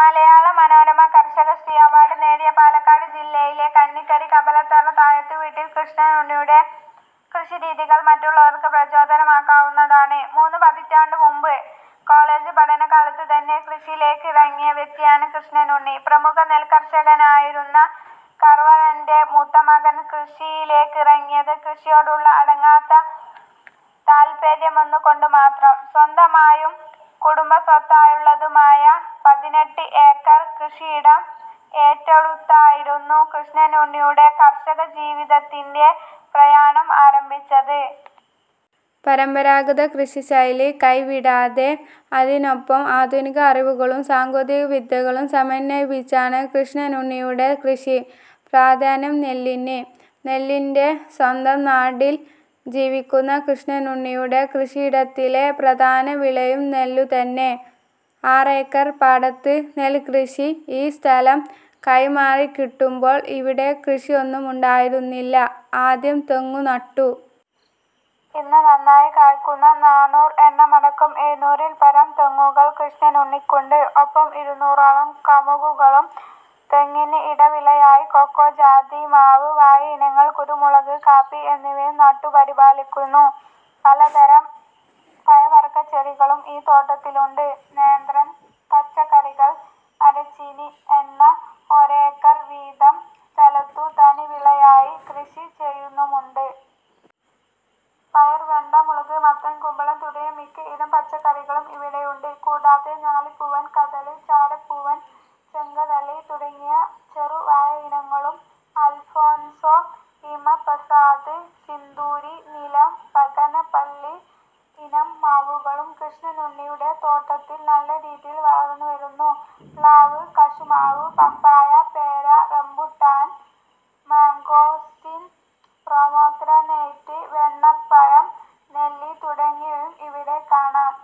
മലയാള Manorama Karshakasree award നേടിയ പാലക്കാട് ജില്ലയിലെ കന്നിക്കരി കമ്പാലത്തറ താഴത്തുവീട്ടിൽ കൃഷ്ണനുണ്ണിയുടെ കൃഷിരീതികൾ മറ്റുള്ളവർക്ക് പ്രചോദനമാക്കാവുന്നതാണ്. മൂന്നു പതിറ്റാണ്ടു മുമ്പ് കോളജ് പഠനകാലത്തുതന്നെ കൃഷിയിലേക്കിറങ്ങിയ വ്യക്തിയാണ് കൃഷ്ണനുണ്ണി. പ്രമുഖ നെൽക്കർഷകനായിരുന്ന കാർവർണന്റെ മൂത്ത മകൻ കൃഷിയിലേക്കിറങ്ങിയത് കൃഷിയിയോടുള്ള അടങ്ങാത്ത താൽപര്യമൊന്നുകൊണ്ടു മാത്രം. സ്വന്തമായും കുടുംബസ്വത്തായുള്ളതുമായ പതിനെട്ട് ഏക്കർ കൃഷിയിടം ഏറ്റെടുത്തായിരുന്നു കൃഷ്ണനുണ്ണിയുടെ കാർഷിക ജീവിതത്തിന്റെ പ്രയാണം ആരംഭിച്ചത്. പരമ്പരാഗത കൃഷിശൈലി കൈവിടാതെ അതിനൊപ്പം ആധുനിക അറിവുകളും സാങ്കേതികവിദ്യകളും സമന്വയിപ്പിച്ചാണ് കൃഷ്ണനുണ്ണിയുടെ കൃഷി. പ്രാധാന്യം നെല്ലിന്. നെല്ലിന്റെ സ്വന്തം നാട്ടിൽ ജീവിക്കുന്ന കൃഷ്ണനുണ്ണിയുടെ കൃഷിയിടത്തിലെ പ്രധാന വിളയും നെല്ലു തന്നെ. ആറേക്കർ പാടത്ത് നെൽകൃഷി. ഈ സ്ഥലം കൈമാറിക്കിട്ടുമ്പോൾ ഇവിടെ കൃഷിയൊന്നുമുണ്ടായിരുന്നില്ല. ആദ്യം തെങ്ങു നട്ടു. ഇന്ന് നന്നായി കായ്ക്കുന്ന നാണൂർ എണ്ണമടക്കം എഴുനൂറിൽപ്പരം തെങ്ങുങ്ങൾ കൃഷ്ണനുണ്ണിക്കുണ്ട്. ഒപ്പം ഇരുന്നൂറോളം കമുകുകളും. തെങ്ങിന് ഇടവിളയായി കൊക്കോ, ജാതി, മാവ്, വാഴയിനങ്ങൾ, കുരുമുളക്, കാപ്പി എന്നിവയും നട്ടു പരിപാലിക്കുന്നു. പലതരം പഴവർഗച്ചെടികളും ഈ തോട്ടത്തിലുണ്ട്. നേന്ത്രൻ, പച്ചക്കറികൾ, മരച്ചീനി എന്ന ഒരേക്കർ വീതം സ്ഥലത്തു തനിവിളയായി കൃഷി ചെയ്യുന്നുമുണ്ട്. പയർ, വെണ്ട, മുളക്, മത്തൻ, കുമ്പളം തുടങ്ങി മിക്ക ഇനം പച്ചക്കറികളും ഇവിടെയുണ്ട്. കൂടാതെ ഞാലിപ്പൂവൻ, കദളി, ചാരപ്പൂവൻ, ചെങ്കദളി തുടങ്ങിയ ചെറു വാഴയിനങ്ങളും അൽഫോൻസോ, ഹിമ പസന്ത്, സിന്ദൂരി, നീലം, ബംഗനപ്പള്ളി ഇനം മാവുകളും കൃഷ്ണനുണ്ണിയുടെ തോട്ടത്തിൽ നല്ല രീതിയിൽ വളർന്നുവരുന്നു. പ്ലാവ്, കശുമാവ്, പപ്പായ, പേര, റംബുട്ടാൻ, മാംഗോസ്റ്റിൻ, പൊമോഗ്രനേറ്റ്, വെണ്ണപ്പഴം, നെല്ലി തുടങ്ങിയവയും ഇവിടെ കാണാം.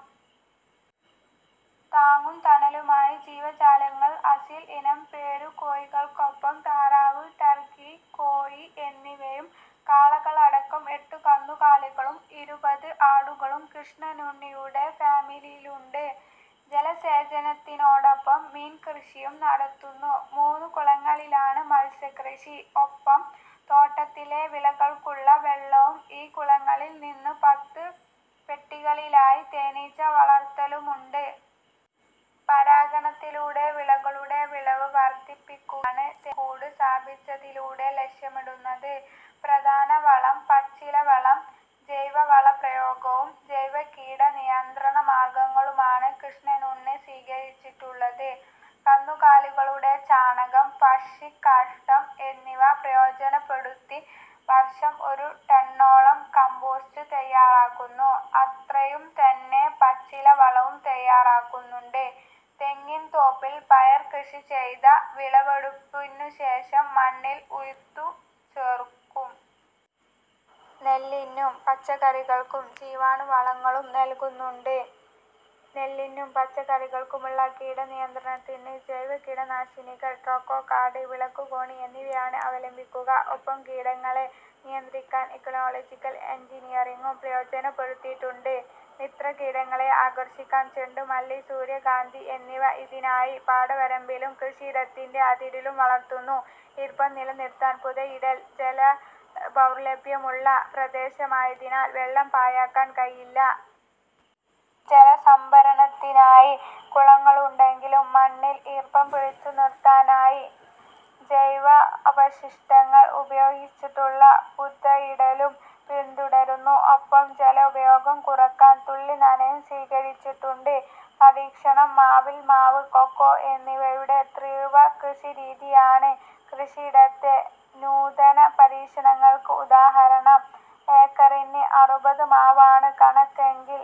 താങ്ങും തണലുമായി ജീവജാലങ്ങൾ അസീൽ ഇനം പോരുകോഴികൾക്കൊപ്പം താറാവ്, ടർക്കി, കോഴി എന്നിവയും കാളകളടക്കം എട്ടു കന്നുകാലികളും ഇരുപത് ആടുകളും കൃഷ്ണനുണ്ണിയുടെ ഫാമിലുണ്ട്. ജലസേചനത്തിനൊപ്പം മീൻകൃഷിയും നടത്തുന്നു. മൂന്നു കുളങ്ങളിലാണ് മത്സ്യകൃഷി. ഒപ്പം തോട്ടത്തിലെ വിളകൾക്കുള്ള വെള്ളവും ഈ കുളങ്ങളിൽനിന്ന്. പത്തു പെട്ടികളിലായി തേനിച്ച വളർത്തലുമുണ്ട്. പരാഗണത്തിലൂടെ വിളകളുടെ വിളവ് വർധിപ്പിക്കുകയാണ് തേനീച്ചക്കൂട് സ്ഥാപിച്ചതിലൂടെ ലക്ഷ്യമിടുന്നത്. പ്രധാന വളം പച്ചിലവളം ജൈവവളപ്രയോഗവും ജൈവ കീടനിയന്ത്രണമാർഗങ്ങളുമാണ് കൃഷ്ണനുണ്ണി സ്വീകരിച്ചിട്ടുള്ളത്. കന്നുകാലികളുടെ ചാണകം, പക്ഷിക്കാഷ്ഠം എന്നിവ പ്രയോജനപ്പെടുത്തി വർഷം ഒരു ടണ്ണോളം കംപോസ്റ്റ് തയാറാക്കുന്നു. അത്രയുംതന്നെ പച്ചിലവളവും തയാറാക്കുന്നുണ്ട്. തെങ്ങിൻതോപ്പിൽ പയർ കൃഷി ചെയ്ത് വിളവെടുപ്പിനുശേഷം മണ്ണിൽ ഉഴുതു ചേർക്കും. നെല്ലിനും പച്ചക്കറികൾക്കും ജീവാണുവളങ്ങളും നൽകുന്നുണ്ട്. നെല്ലിനും പച്ചക്കറികൾക്കുമുള്ള കീടനിയന്ത്രണത്തിന് ജൈവകീടനാശിനികൾ, ട്രൈക്കോ കാർഡ്, വിളക്കുകെണി എന്നിവയാണ് അവലംബിക്കുക. ഒപ്പം കീടങ്ങളെ നിയന്ത്രിക്കാൻ ഇക്കോളജിക്കൽ എൻജിനിയറിങ്ങും പ്രയോജനപ്പെടുത്തിയിട്ടുണ്ട്. മിത്രകീടങ്ങളെ ആകർഷിക്കാൻ ചെണ്ടുമല്ലി, സൂര്യകാന്തി എന്നിവ ഇതിനായി പാടവരമ്പിലും കൃഷിയിടത്തിന്റെ അതിരിലും വളർത്തുന്നു. ഈർപ്പം നിലനിർത്താൻ പുതയിടൽ ജലദൗർലഭ്യമുള്ള പ്രദേശമായതിനാൽ വെള്ളം പാഴാക്കാൻ കഴിയില്ല. ജലസംഭരണത്തിനായി കുളങ്ങളുണ്ടെങ്കിലും മണ്ണിൽ ഈർപ്പം പിടിച്ചുനിർത്താനായി ജൈവാവശിഷ്ടങ്ങൾ ഉപയോഗിച്ചുള്ള പുതയിടലും പിന്തുടരുന്നു. ഒപ്പം ജലോപയോഗം കുറയ്ക്കാൻ തുള്ളിനനയും സ്വീകരിച്ചിട്ടുണ്ട്. പരീക്ഷണം മാവിൽ മാവ്, കൊക്കോ എന്നിവയുടെ തീവ്ര കൃഷിരീതിയാണ് കൃഷിയിടത്തെ നൂതന പരീക്ഷണങ്ങൾക്ക് ഉദാഹരണം. ഏക്കറിന് അറുപത് മാവാണ് കണക്കെങ്കിൽ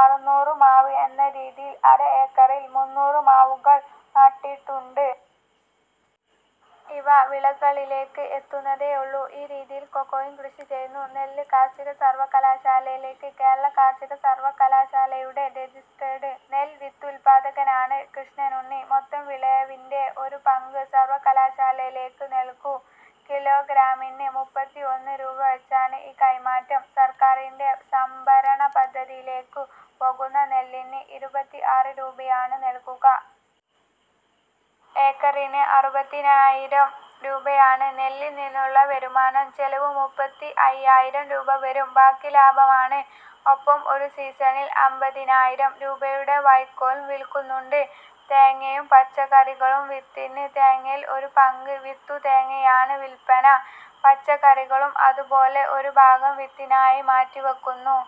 അറുനൂറ് മാവ് എന്ന രീതിയിൽ അര ഏക്കറിൽ മുന്നൂറ് മാവുകൾ നട്ടിട്ടുണ്ട്. ഇവ വിളവിലേക്ക് എത്തുന്നതേയുള്ളൂ. ഈ രീതിയിൽ കൊക്കോയും കൃഷി ചെയ്യുന്നു. നെല്ല് കാർഷിക സർവകലാശാലയിലേക്ക് കേരള കാർഷിക സർവകലാശാലയുടെ റജിസ്ടേർഡ് നെൽവിത്തുൽപാദകനാണ് കൃഷ്ണനുണ്ണി. മൊത്തം വിളവിന്റെ ഒരു പങ്ക് സർവകലാശാലയ്ക്കു നൽകും. കിലോഗ്രാമിന് മുപ്പത്തിഒന്ന് രൂപ വച്ചാണ് ഈ കൈമാറ്റം. സർക്കാരിന്റെ സംഭരണപദ്ധതിയിലേക്കു പോകുന്ന നെല്ലിന് ഇരുപത്തിആറ് രൂപയാണ് ലഭിക്കുക. ഏക്കറിന് അറുപതിനായിരം രൂപയാണ് നെല്ലിൽനിന്നുള്ള വരുമാനം. ചെലവ് മുപ്പത്തിഅയ്യായിരം രൂപ വരും. ബാക്കി ലാഭമാണ്. ഒപ്പം ഒരു സീസണിൽ അമ്പതിനായിരം രൂപയുടെ വൈക്കോലു വിൽക്കുന്നുണ്ട്. തേങ്ങയും പച്ചക്കറികളും വിത്തിന് തേങ്ങയിൽ ഒരു പങ്ക് വിത്തുതേങ്ങയായാണ് വിൽപന. പച്ചക്കറികളും അതുപോലെ ഒരു ഭാഗം വിത്തിനായി മാറ്റിവയ്ക്കുന്നു.